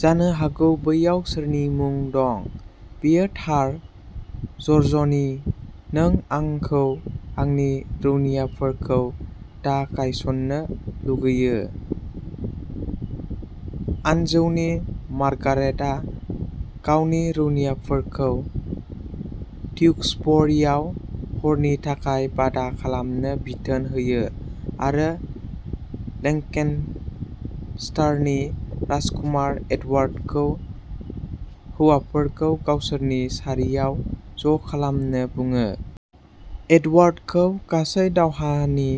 जानो हागौ बैयाव सोरनि मुं दं? बेयो थार-जर्ज'नि नों आंखौ आंनि रौनियाफोरखौ दा गायसननो लुगैयो? आनजौनि मार्गारेटआ गावनि रौनियाफोरखौ टिउक्सबरीआव हरनि थाखाय बादा खालामनो बिथोन होयो आरो लेंकेस्टारनि राजकुमार एडवार्डखौ हौवाफोरखौ गावसोरनि सारियाव ज' खालामनो बुङो। एडवार्डखौ गासै दावहानि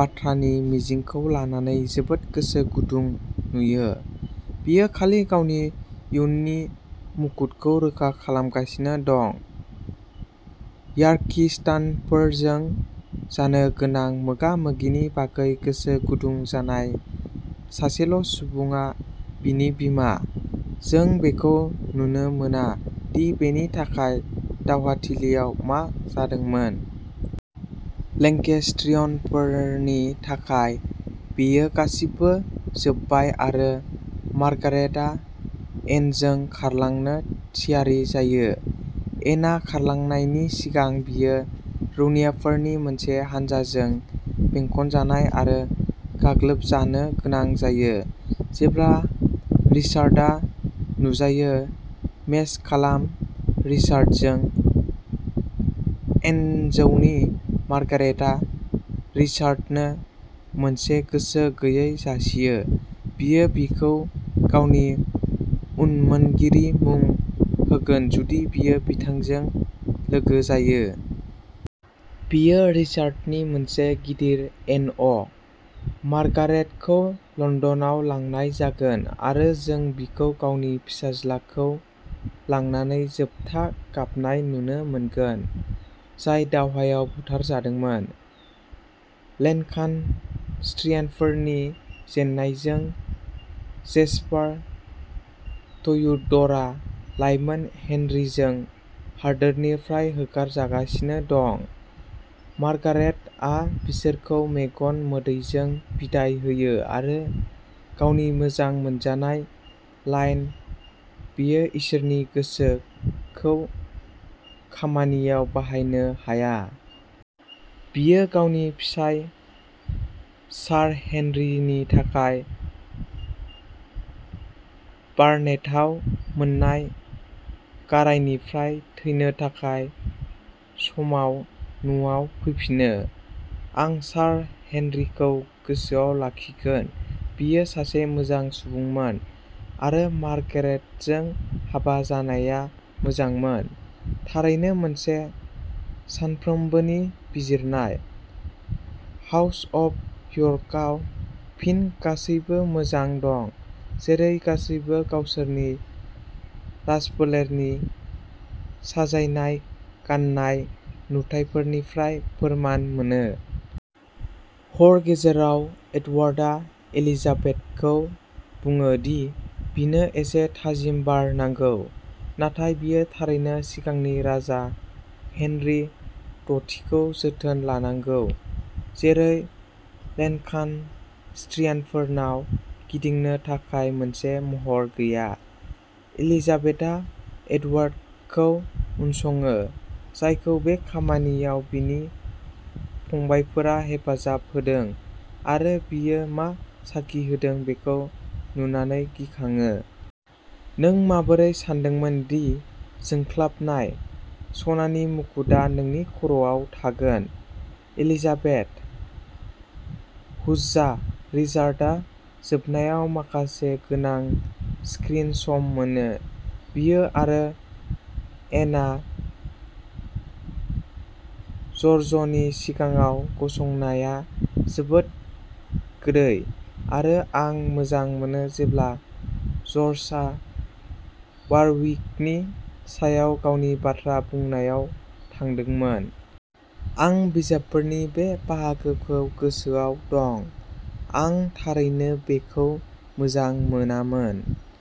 बाथ्रानि मिजिंखौ लानानै जोबोद गोसो गुदुं नुयो; बियो खालि गावनि इयुननि मुकुटखौ रैखा खालामगासिनो दं। यार्किस्टफोरजों जानो गोनां मोगा-मोगिनि बागै गोसो गुदुं जानाय सासेल' सुबुङा बिनि बिमा। जों बेखौ नुनो मोना दि बेनि थाखाय दावहाथिलियाव मा जादोंमोन। लेंकेस्ट्रियनफोरनि थाखाय बेयो गासिबो जोबबाय आरो मार्गारेटआ एनजों खारलांनो थियारि जायो। एनआ खारलांनायनि सिगां, बियो रौनियाफोरनि मोनसे हानजाजों बेंखनजानाय आरो गाग्लोबजानो गोनां जायो। जेब्ला रिचार्डआ नुजायो मेस खालाम रिचार्डजों। एनजौनि मार्गारेटआ रिचार्डनो मोनसे गोसो गैयै जासियो, बियो बिखौ गावनि उनमोनगिरि मुं होगोन जुदि बियो बिथांजों लोगो जायो। बेयो रिचार्डनि मोनसे गिदिर एन अ। मार्गारेटखौ लन्दनाव लांनाय जागोन आरो जों बिखौ गावनि फिसाज्लाखौ लानानै जोबथा गाबनाय नुनो मोनगोन, जाय दावहायाव बुथारजादोंमोन। लेन्कास्ट्रियानफोरनि जेननायजों, जेस्पार ट्युडरआ लाइमोन हेनरीजों हादोरनिफ्राय होखारहरजागासिनो दं। मार्गारेटआ बिसोरखौ मेगन मोदैजों बिदाय होयो आरो गावनि मोजां मोनजानाय लाइन, "बेयो इसोरनि गोसो" खौ खामानियाव बाहायनो हाया। बियो गावनि फिसाय, सार हेनरीनि थाखाय बार्नेटआव मोन्नाय गारायनिफ्राय थैनो थाखाय समाव न'आव फैफिनो। आं सार हेनरीखौ गोसोआव लाखिगोन; बियो सासे मोजां सुबुंमोन, आरो मार्गारेटजों हाबा जानाया मोजांमोन। थारैनो मोनसे सानफ्रोमबोनि बिजिरनाय। हाउस अफ यर्कआव फिन गासैबो मोजां दं, जेरै गासैबो गावसोरनि राजफोलेरनि साजायनाय गाननाय नुथाइफोरनिफ्राय फोरमान मोनो। हर गेजेराव, एडवार्डआ एलिजाबेथखौ बुङो दि बिनो एसे थाजिम बार नांगौ, नाथाय बियो थारैनो सिगांनि राजा हेनरी दथिखौ जोथोन लानांगौ, जेरै लेन्कान्स्ट्रियानफोरनाव गिदिंनो थाखाय मोनसे महर गैया। एलिजाबेथआ एडवार्डखौ उनसङो, जायखौ बे खामानियाव बिनि फंबायफोरा हेफाजाब होदों, आरो बियो मा साखि होदों बेखौ नुनानै गिखाङो। नों माबोरै सानदोंमोन दि जोंख्लाबनाय, सनानि मुकुतआ नोंनि खर'आव थागोन, एलिजाबेथ? हुज्जा! रिचार्डआ जोबनायाव माखासे गोनां स्क्रिन सम मोनो! बियो आरो एनआ ज'र्जनि सिगाङाव गसंनाया जोबोद गोदै, आरो आं मोजां मोनो जेब्ला जर्ज'आ वारविकनि सायाव गावनि बाथ्रा बुंनायाव थांदोंमोन। आं बिजाबफोरनि बे बाहागोखौ गोसोआव दं आं थारैनो बेखौ मोजां मोनामोन।